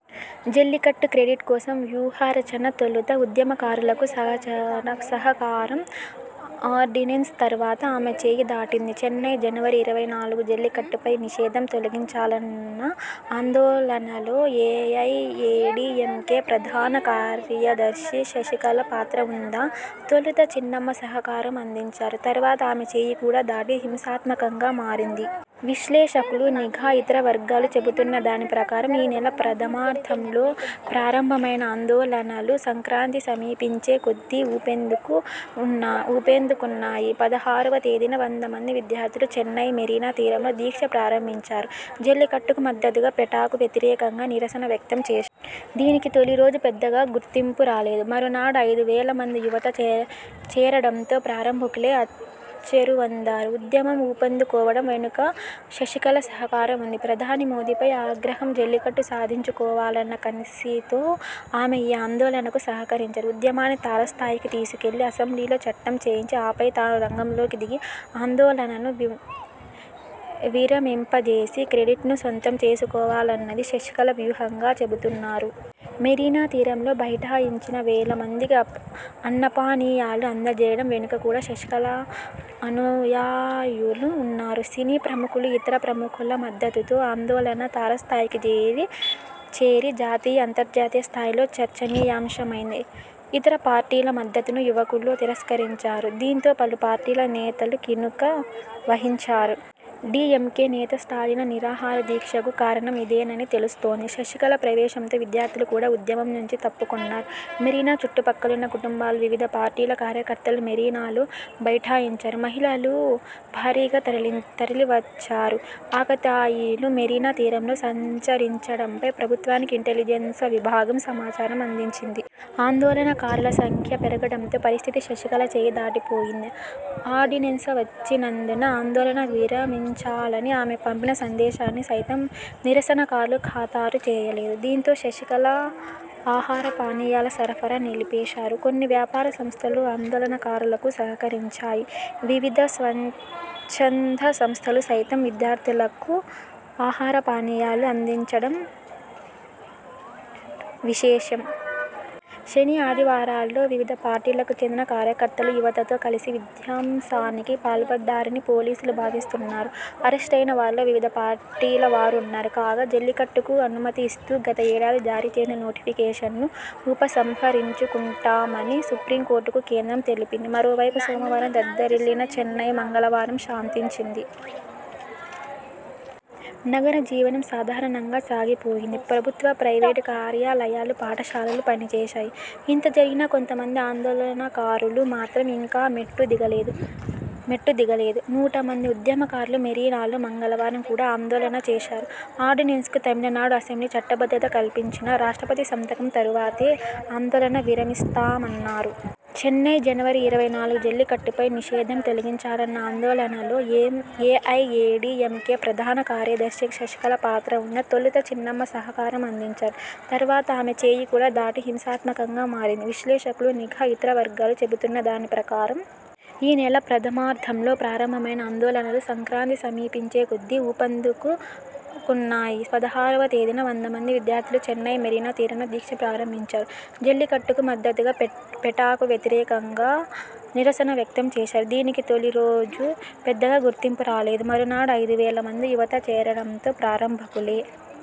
Jallikattu 'credit' కోసం వ్యూహరచన తొలుత ఉద్యమకారులకు సహకారం ఆర్డినెన్స్ తర్వాత ఆమె చేయి దాటింది చెన్నై, జనవరి ఇరవై నాలుగు జల్లికట్టుపై నిషేధం తొలగించాలన్న ఆందోళనలో ఏఐఏడీఎంకే ప్రధాన కార్యద ర్శి శశికళ పాత్ర ఉందా? తొలుత చిన్నమ్మ సహకారం అం దించారు. తర్వాత ఆమె చేయి కూడా దాటి హింసాత్మ కంగా మారింది. విశ్లేషకులు, నిఘా, ఇతర వర్గాలు చెబుతున్న దాని ప్రకారం.. ఈ నెల ప్రథమార్థంలో ప్రారంభ మైన ఆందోళనలు సంక్రాంతి సమీపించే కొద్దీ ఊపందుకు న్నాయి. పదహారువ తేదీన వందమంది విద్యార్థులు చెన్నై మెరీనా తీరంలో దీక్ష ప్రారంభించారు. జల్లికట్టుకు మద్దతుగా, పెటాకు వ్యతిరేకంగా నిరసన వ్యక్తం చేశారు. దీనికి తొలిరోజు పెద్దగా గుర్తింపు రాలేదు. మరునాడు ఐదు వేల మంది యువత చేరడం తో ప్రారంభకులే అచ్చెరువొందారు. ఉద్యమం ఊపందుకోవడం వెనుక శశికళ సహకారం ఉంది. ప్రధాని మోదీపై ఆగ్రహం, జల్లికట్టు సాధించుకోవాలన్న కసితో ఆమె ఈ ఆందోళనకు సహకరించారు. ఉద్యమాన్ని తారస్థాయికి తీసుకెళ్లి, అసెంబ్లీలో చట్టం చేయించి, ఆపై తాను రంగంలోకి దిగి, ఆందోళనను విరమింపజేసి, క్రెడిట్ను సొంతం చేసుకోవాలన్నది శశికళ వ్యూహంగా చెబుతున్నారు. మెరీనా తీరంలో బైఠాయించిన వేల మందికి అన్నపానీయాలు అందజేయడం వెనుక కూడా శశికళ అనుయాయులు ఉన్నారు. సినీ ప్రముఖులు, ఇతర ప్రముఖుల మద్దతుతో ఆందోళన తారస్థాయికి చేరి జాతీయ, అంతర్జాతీయ స్థాయిలో చర్చనీయాంశమైంది. ఇతర పార్టీల మద్దతును యువకులు తిరస్కరించారు. దీంతో పలు పార్టీల నేతలు కినుక వహించారు. డీఎంకే నేత స్టాలిన నిరాహారదీక్షకు కారణం ఇదేనని తెలుస్తోంది. శశికళ ప్రవేశంతో విద్యార్థులు కూడా ఉద్య మం నుంచి తప్పుకొన్నారు. మెరీనా చుట్టుపక్కలున్న కుటుంబాలు, వివిధ పార్టీల కార్యకర్తలు మెరీనాలో బైఠాయించారు. మహిళలూ భారీగా తరలివచ్చారు. ఆకతాయిలు మెరీనా తీరంలో సంచరించడంపై ప్రభుత్వానికి ఇంటెలిజెన్స విభాగం సమాచారం అందించింది. ఆందోళనకారుల సం ఖ్య పెరగడంతో పరిస్థితి శశికళ చేయి దాటిపోయింది. ఆర్డినెన్స వచ్చినందున ఆందోళన విరమించాలని ఆమె పంపిన సందేశా న్ని సైతం నిరసనకారులు ఖాతరు చేయలేదు. దీంతో శశికళ ఆహారపానీయాల సరఫరా నిలిపేశారు. కొన్ని వ్యాపార సంస్థలూ ఆందోళనకారులకు సహకరించాయి. వివిధ స్వచ్ఛంద సంస్థలు సైతం విద్యార్థులకు ఆహారపానీయాలు అందించడం విశేషం. శని, ఆదివారాల్లో వివిధ పార్టీలకు చెందిన కార్యకర్తలు యువతతో కలిసి విధ్వంసానికి పాల్పడ్డారని పోలీసులు భావిస్తున్నారు. అరెస్టయిన వారిలో వివిధ పార్టీల వారు ఉన్నారు. కాగా, జల్లికట్టుకు అనుమతి ఇస్తూ గత ఏడాది జారీ చేసిన నోటిఫికేషన్ను ఉపసంహరించుకుంటామని సుప్రీంకోర్టుకు కేంద్రం తెలిపింది. మరోవైపు సోమవారం దద్దరిల్లిన చెన్నై మంగళవారం శాంతించింది. నగర జీవనం సాధారణంగా సాగిపోయింది. ప్రభు త్వ, ప్రైవేటు కార్యాలయాలు, పాఠశాలలు పనిచేశాయి. ఇంతజరిగినా కొంతమంది ఆందోళనకారులు మాత్రం ఇంకా మెట్టు దిగలేదు. నూట మంది ఉద్యమకారులు మెరీనాలో మంగళవారం కూడా ఆందోళన చేశారు. ఆర్డినెన్స్కు తమిళనాడు అసెంబ్లీ చట్టబద్ధత కల్పించినా రాష్ట్రపతి సంతకం తరువాతే ఆందోళన విరమిస్తామన్నారు. చెన్నై, జనవరి ఇరవై నాలుగు జల్లికట్టుపై నిషేధం తొలగించాలన్న ఆందోళనలో ఏఐఏడీఎంకే ప్రధాన కార్యద ర్శి శశికళ పాత్ర ఉందా? తొలుత చిన్నమ్మ సహకారం అం దించారు. తర్వాత ఆమె చేయి కూడా దాటి హింసాత్మ కంగా మారింది. విశ్లేషకులు, నిఘా, ఇతర వర్గాలు చెబుతున్న దాని ప్రకారం.. ఈ నెల ప్రథమార్థంలో ప్రారంభ మైన ఆందోళనలు సంక్రాంతి సమీపించే కొద్దీ ఊపందుకు న్నాయి. పదహారువ తేదీన వందమంది విద్యార్థులు చెన్నై మెరీనా తీరంలో దీక్ష ప్రారంభించారు. జల్లికట్టుకు మద్దతుగా, పెటాకు వ్యతిరేకంగా నిరసన వ్యక్తం చేశారు. దీనికి తొలిరోజు పెద్దగా గుర్తింపు రాలేదు. మరునాడు ఐదు వేల మంది యువత చేరడం తో ప్రారంభకులే